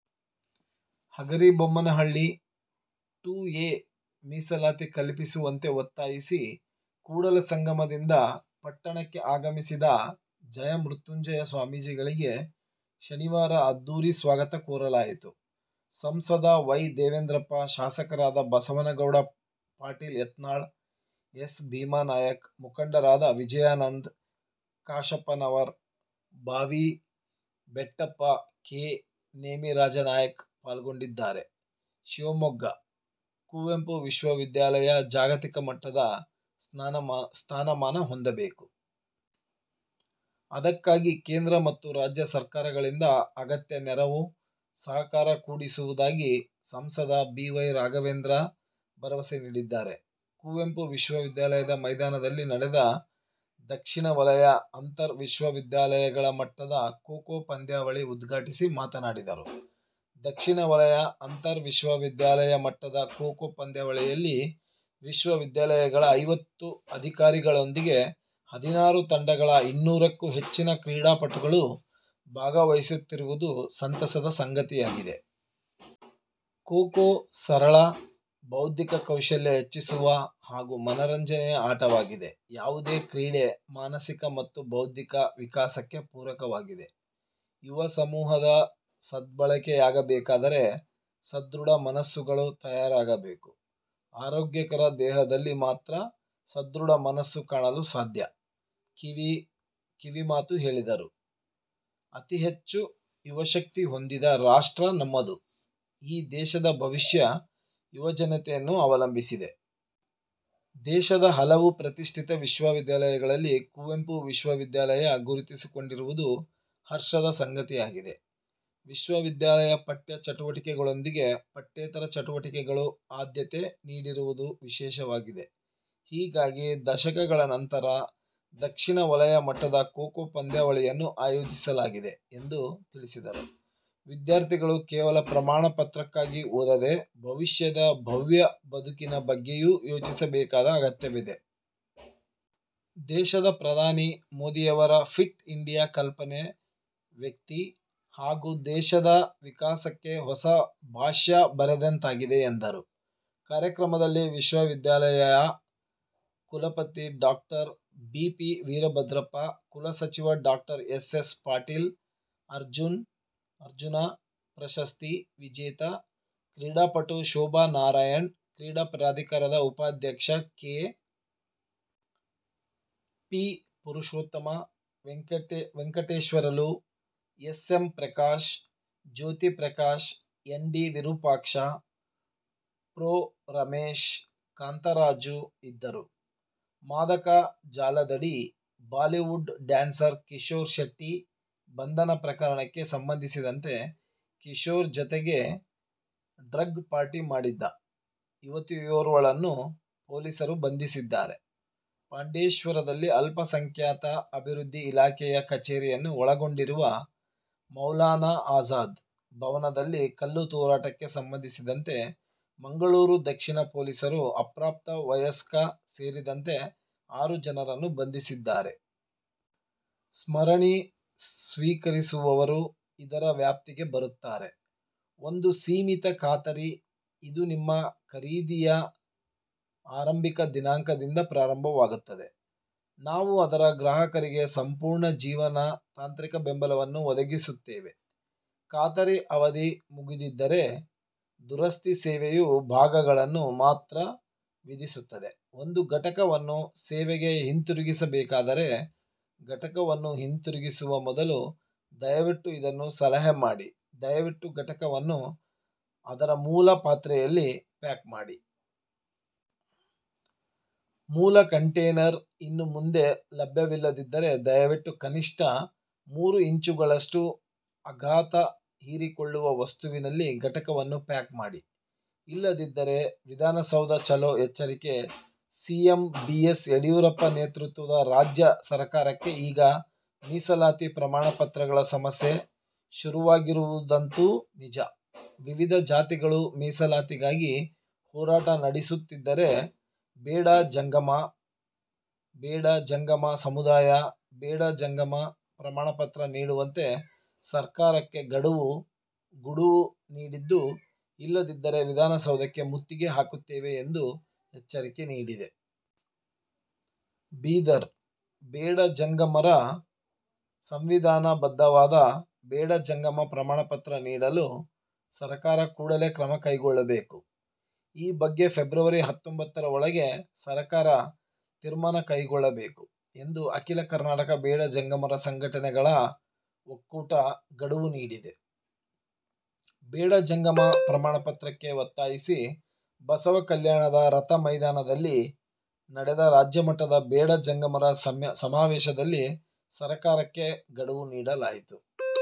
Hagaribommanahalli: two A ಮೀಸಲಾತಿ ಕಲ್ಪಿಸುವಂತೆ ಒತ್ತಾಯಿಸಿ ಕೂಡಲಸಂಗಮದಿಂದ ಪಟ್ಟಣಕ್ಕೆ ಆಗಮಿಸಿದ ಜಯಮೃತ್ಯುಂಜಯ ಸ್ವಾಮೀಜಿಗಳಿಗೆ ಶನಿವಾರ ಅದ್ಧೂರಿ ಸ್ವಾಗತ ಕೋರಲಾಯಿತು. ಸಂಸದ ವೈ. ದೇವೇಂದ್ರಪ್ಪ, ಶಾಸಕರಾದ ಬಸವನಗೌಡ ಪಾಟೀಲ್ ಯತ್ನಾಳ, ಎಸ್. ಭೀಮನಾಯ್ಕ, ಮುಖಂಡರಾದ ವಿಜಯಾನಂದ ಕಾಶಪ್ಪನವರ್, ಬಾವಿ ಬೆಟ್ಟಪ್ಪ, ಕೆ. ನೇಮಿರಾಜನಾಯ್ಕ ಪಾಲ್ಗೊಂಡಿದ್ದಾರೆ. ಶಿವಮೊಗ್ಗ: ಕುವೆಂಪು ವಿಶ್ವವಿದ್ಯಾಲಯ ಜಾಗತಿಕ ಮಟ್ಟದ ಸ್ಥಾನಮಾನ ಹೊಂದಬೇಕು. ಅದಕ್ಕಾಗಿ ಕೇಂದ್ರ ಮತ್ತು ರಾಜ್ಯ ಸರ್ಕಾರಗಳಿಂದ ಅಗತ್ಯ ನೆರವು, ಸಹಕಾರ ಕೊಡಿಸುವುದಾಗಿ ಸಂಸದ ಬಿ. ವೈ. ರಾಘವೇಂದ್ರ ಭರವಸೆ ನೀಡಿದ್ದಾರೆ. ಕುವೆಂಪು ವಿಶ್ವವಿದ್ಯಾಲಯದ ಮೈದಾನದಲ್ಲಿ ನಡೆದ ದಕ್ಷಿಣ ವಲಯ ಅಂತರ್ ವಿಶ್ವವಿದ್ಯಾಲಯಗಳ ಮಟ್ಟದ ಖೋ-ಖೋ ಪಂದ್ಯಾವಳಿ ಉದ್ಘಾಟಿಸಿ ಮಾತನಾಡಿದರು. ದಕ್ಷಿಣ ವಲಯ ಅಂತರ್ ವಿಶ್ವವಿದ್ಯಾಲಯ ಮಟ್ಟದ ಖೋ-ಖೋ ಪಂದ್ಯಾವಳಿಯಲ್ಲಿ ವಿಶ್ವ ವಿದ್ಯಾಲಯಗಳ ಐವತ್ತು ಅಧಿಕಾರಿಗಳೊಂದಿಗೆ ಹದಿನಾರು ತಂಡಗಳ ಇನ್ನೂರಕ್ಕೂ ಹೆಚ್ಚಿನ ಕ್ರೀಡಾಪಟುಗಳು ಭಾಗವಹಿಸುತ್ತಿರುವುದು ಸಂತಸದ ಸಂಗತಿಯಾಗಿದೆ. ಖೋ-ಖೋ ಸರಳ, ಬೌದ್ಧಿಕ ಕೌಶಲ್ಯ ಹೆಚ್ಚಿಸುವ ಹಾಗೂ ಮನರಂಜನೆಯ ಆಟವಾಗಿದೆ. ಯಾವುದೇ ಕ್ರೀಡೆ ಮಾನಸಿಕ ಮತ್ತು ಬೌದ್ಧಿಕ ವಿಕಾಸಕ್ಕೆ ಪೂರಕವಾಗಿದೆ. ಯುವ ಸಮೂಹದ ಸದ್ಬಳಕೆಯಾಗಬೇಕಾದರೆ ಸದೃಢ ಮನಸ್ಸುಗಳು ತಯಾರಾಗಬೇಕು. ಆರೋಗ್ಯಕರ ದೇಹದಲ್ಲಿ ಮಾತ್ರ ಸದೃಢ ಮನಸ್ಸು ಕಾಣಲು ಸಾಧ್ಯ ಕಿವಿ ಮಾತು ಹೇಳಿದರು. ಅತಿಹೆಚ್ಚು ಯುವಶಕ್ತಿ ಹೊಂದಿದ ರಾಷ್ಟ್ರ ನಮ್ಮದು, ಈ ದೇಶದ ಭವಿಷ್ಯ ಯುವಜನತೆಯನ್ನು ಅವಲಂಬಿಸಿದೆ. ದೇಶದ ಹಲವು ಪ್ರತಿಷ್ಠಿತ ವಿಶ್ವವಿದ್ಯಾಲಯಗಳಲ್ಲಿ ಕುವೆಂಪು ವಿಶ್ವವಿದ್ಯಾಲಯ ಗುರುತಿಸಿಕೊಂಡಿರುವುದು ಹರ್ಷದ ಸಂಗತಿಯಾಗಿದೆ. ವಿಶ್ವವಿದ್ಯಾಲಯ ಪಠ್ಯ ಚಟುವಟಿಕೆಗಳೊಂದಿಗೆ ಪಠ್ಯೇತರ ಚಟುವಟಿಕೆಗಳಿಗೂ ಆದ್ಯತೆ ನೀಡಿರುವುದು ವಿಶೇಷವಾಗಿದೆ. ಹೀಗಾಗಿ ದಶಕಗಳ ನಂತರ ದಕ್ಷಿಣ ವಲಯ ಮಟ್ಟದ ಖೋ-ಖೋ ಪಂದ್ಯಾವಳಿಯನ್ನು ಆಯೋಜಿಸಲಾಗಿದೆ ಎಂದು ತಿಳಿಸಿದರು. ವಿದ್ಯಾರ್ಥಿಗಳು ಕೇವಲ ಪ್ರಮಾಣ ಪತ್ರಕ್ಕಾಗಿ ಓದದೇ ಭವಿಷ್ಯದ ಭವ್ಯ ಬದುಕಿನ ಬಗ್ಗೆಯೂ ಯೋಚಿಸಬೇಕಾದ ಅಗತ್ಯವಿದೆ. ದೇಶದ ಪ್ರಧಾನಿ ಮೋದಿಯವರ ಫಿಟ್ ಇಂಡಿಯಾ ಕಲ್ಪನೆ ವ್ಯಕ್ತಿ ಹಾಗೂ ದೇಶದ ವಿಕಾಸಕ್ಕೆ ಹೊಸ ಭಾಷ್ಯ ಬರೆದಂತಾಗಿದೆ ಎಂದರು. ಕಾರ್ಯಕ್ರಮದಲ್ಲಿ ವಿಶ್ವವಿದ್ಯಾಲಯಯ ಕುಲಪತಿ ಡಾ. ಬಿ. ಪಿ. ವೀರಭದ್ರಪ್ಪ, ಕುಲಸಚಿವ ಡಾ. ಎಸ್. ಎಸ್. ಪಾಟೀಲ್, ಅರ್ಜುನ ಪ್ರಶಸ್ತಿ ವಿಜೇತ ಕ್ರೀಡಾಪಟು ಶೋಭಾ ನಾರಾಯಣ್, ಕ್ರೀಡಾ ಪ್ರಾಧಿಕಾರದ ಉಪಾಧ್ಯಕ್ಷ K. P. Purushottama, Venkateswarlu, S. M. Prakash, Jyothi Prakash, N. D. Virupaksha, pro. Ramesh, Kantharaju ಇದ್ದರು. ಮಾದಕ ಜಾಲದಡಿ ಬಾಲಿವುಡ್ ಡ್ಯಾನ್ಸರ್ ಕಿಶೋರ್ ಶೆಟ್ಟಿ ಬಂಧನ ಪ್ರಕರಣಕ್ಕೆ ಸಂಬಂಧಿಸಿದಂತೆ ಕಿಶೋರ್ ಜತೆಗೆ ಡ್ರಗ್ ಪಾರ್ಟಿ ಮಾಡಿದ್ದ ಯುವತಿಯೋರ್ವಳನ್ನು ಪೊಲೀಸರು ಬಂಧಿಸಿದ್ದಾರೆ. ಪಾಂಡೇಶ್ವರದಲ್ಲಿ ಅಲ್ಪಸಂಖ್ಯಾತ ಅಭಿವೃದ್ಧಿ ಇಲಾಖೆಯ ಕಚೇರಿಯನ್ನು ಒಳಗೊಂಡಿರುವ ಮೌಲಾನಾ ಆಜಾದ್ ಭವನದಲ್ಲಿ ಕಲ್ಲು ತೂರಾಟಕ್ಕೆ ಸಂಬಂಧಿಸಿದಂತೆ ಮಂಗಳೂರು ದಕ್ಷಿಣ ಪೊಲೀಸರು ಅಪ್ರಾಪ್ತ ವಯಸ್ಕ ಸೇರಿದಂತೆ ಆರು ಜನರನ್ನು ಬಂಧಿಸಿದ್ದಾರೆ. ಸರಣಿ ಸ್ವೀಕರಿಸುವವರು ಇದರ ವ್ಯಾಪ್ತಿಗೆ ಬರುತ್ತಾರೆ ಒಂದು ಸೀಮಿತ ಖಾತರಿ, ಇದು ನಿಮ್ಮ ಖರೀದಿಯ ಆರಂಭಿಕ ದಿನಾಂಕದಿಂದ ಪ್ರಾರಂಭವಾಗುತ್ತದೆ. ನಾವು ಅದರ ಗ್ರಾಹಕರಿಗೆ ಸಂಪೂರ್ಣ ಜೀವನ ತಾಂತ್ರಿಕ ಬೆಂಬಲವನ್ನು ಒದಗಿಸುತ್ತೇವೆ. ಖಾತರಿ ಅವಧಿ ಮುಗಿದಿದ್ದರೆ, ದುರಸ್ತಿ ಸೇವೆಯು ಭಾಗಗಳನ್ನು ಮಾತ್ರ ವಿಧಿಸುತ್ತದೆ. ಒಂದು ಘಟಕವನ್ನು ಸೇವೆಗೆ ಹಿಂತಿರುಗಿಸಬೇಕಾದರೆ, ಘಟಕವನ್ನು ಹಿಂದಿರುಗಿಸುವ ಮೊದಲು, ದಯವಿಟ್ಟು ಇದನ್ನು ಸಲಹೆ ಮಾಡಿ: ದಯವಿಟ್ಟು ಘಟಕವನ್ನು ಅದರ ಮೂಲ ಪಾತ್ರೆಯಲ್ಲಿ ಪ್ಯಾಕ್ ಮಾಡಿ. ಮೂಲ ಕಂಟೇನರ್ ಇನ್ನು ಮುಂದೆ ಲಭ್ಯವಿಲ್ಲದಿದ್ದರೆ, ದಯವಿಟ್ಟು ಕನಿಷ್ಠ ಮೂರು ಇಂಚುಗಳಷ್ಟು ಆಘಾತ ಹೀರಿಕೊಳ್ಳುವ ವಸ್ತುವಿನಲ್ಲಿ ಘಟಕವನ್ನು ಪ್ಯಾಕ್ ಮಾಡಿ. ಇಲ್ಲದಿದ್ದರೆ ವಿಧಾನಸೌಧ ಚಲೋ ಎಚ್ಚರಿಕೆ ಸಿಎಂ ಬಿಎಸ್ ಯಡಿಯೂರಪ್ಪ ನೇತೃತ್ವದ ರಾಜ್ಯ ಸರಕಾರಕ್ಕೆ ಈಗ ಮೀಸಲಾತಿ, ಪ್ರಮಾಣ ಪತ್ರಗಳ ಸಮಸ್ಯೆ ಶುರುವಾಗಿರುವುದಂತೂ ನಿಜ. ವಿವಿಧ ಜಾತಿಗಳು ಮೀಸಲಾತಿಗಾಗಿ ಹೋರಾಟ ನಡೆಸುತ್ತಿದ್ದರೆ, ಬೇಡ ಜಂಗಮ ಸಮುದಾಯ ಬೇಡ ಜಂಗಮ ಪ್ರಮಾಣ ಪತ್ರ ನೀಡುವಂತೆ ಸರಕಾರಕ್ಕೆ ಗುಡುವು ನೀಡಿದ್ದು, ಇಲ್ಲದಿದ್ದರೆ ವಿಧಾನಸೌಧಕ್ಕೆ ಮುತ್ತಿಗೆ ಹಾಕುತ್ತೇವೆ ಎಂದು ಎಚ್ಚರಿಕೆ ನೀಡಿದೆ. ಬೀದರ್: ಬೇಡ ಜಂಗಮರ ಸಂವಿಧಾನ ಬದ್ದವಾದ ಬೇಡ ಜಂಗಮ ಪ್ರಮಾಣ ಪತ್ರ ನೀಡಲು ಸರಕಾರ ಕೂಡಲೇ ಕ್ರಮ ಕೈಗೊಳ್ಳಬೇಕು. ಈ ಬಗ್ಗೆ ಫೆಬ್ರವರಿ ಹತ್ತೊಂಬತ್ತರ ಒಳಗೆ ಸರಕಾರ ತೀರ್ಮಾನ ಕೈಗೊಳ್ಳಬೇಕು ಎಂದು ಅಖಿಲ ಕರ್ನಾಟಕ ಬೇಡ ಜಂಗಮರ ಸಂಘಟನೆಗಳ ಒಕ್ಕೂಟ ಗಡುವು ನೀಡಿದೆ. ಬೇಡ ಜಂಗಮ ಪ್ರಮಾಣ ಪತ್ರಕ್ಕೆ ಒತ್ತಾಯಿಸಿ ಬಸವಕಲ್ಯಾಣದ ರಥ ಮೈದಾನದಲ್ಲಿ ನಡೆದ ರಾಜ್ಯಮಟ್ಟದ ಬೇಡ ಜಂಗಮರ ಸಮಾವೇಶದಲ್ಲಿ ಸರಕಾರಕ್ಕೆ ಗಡುವು ನೀಡಲಾಯಿತು.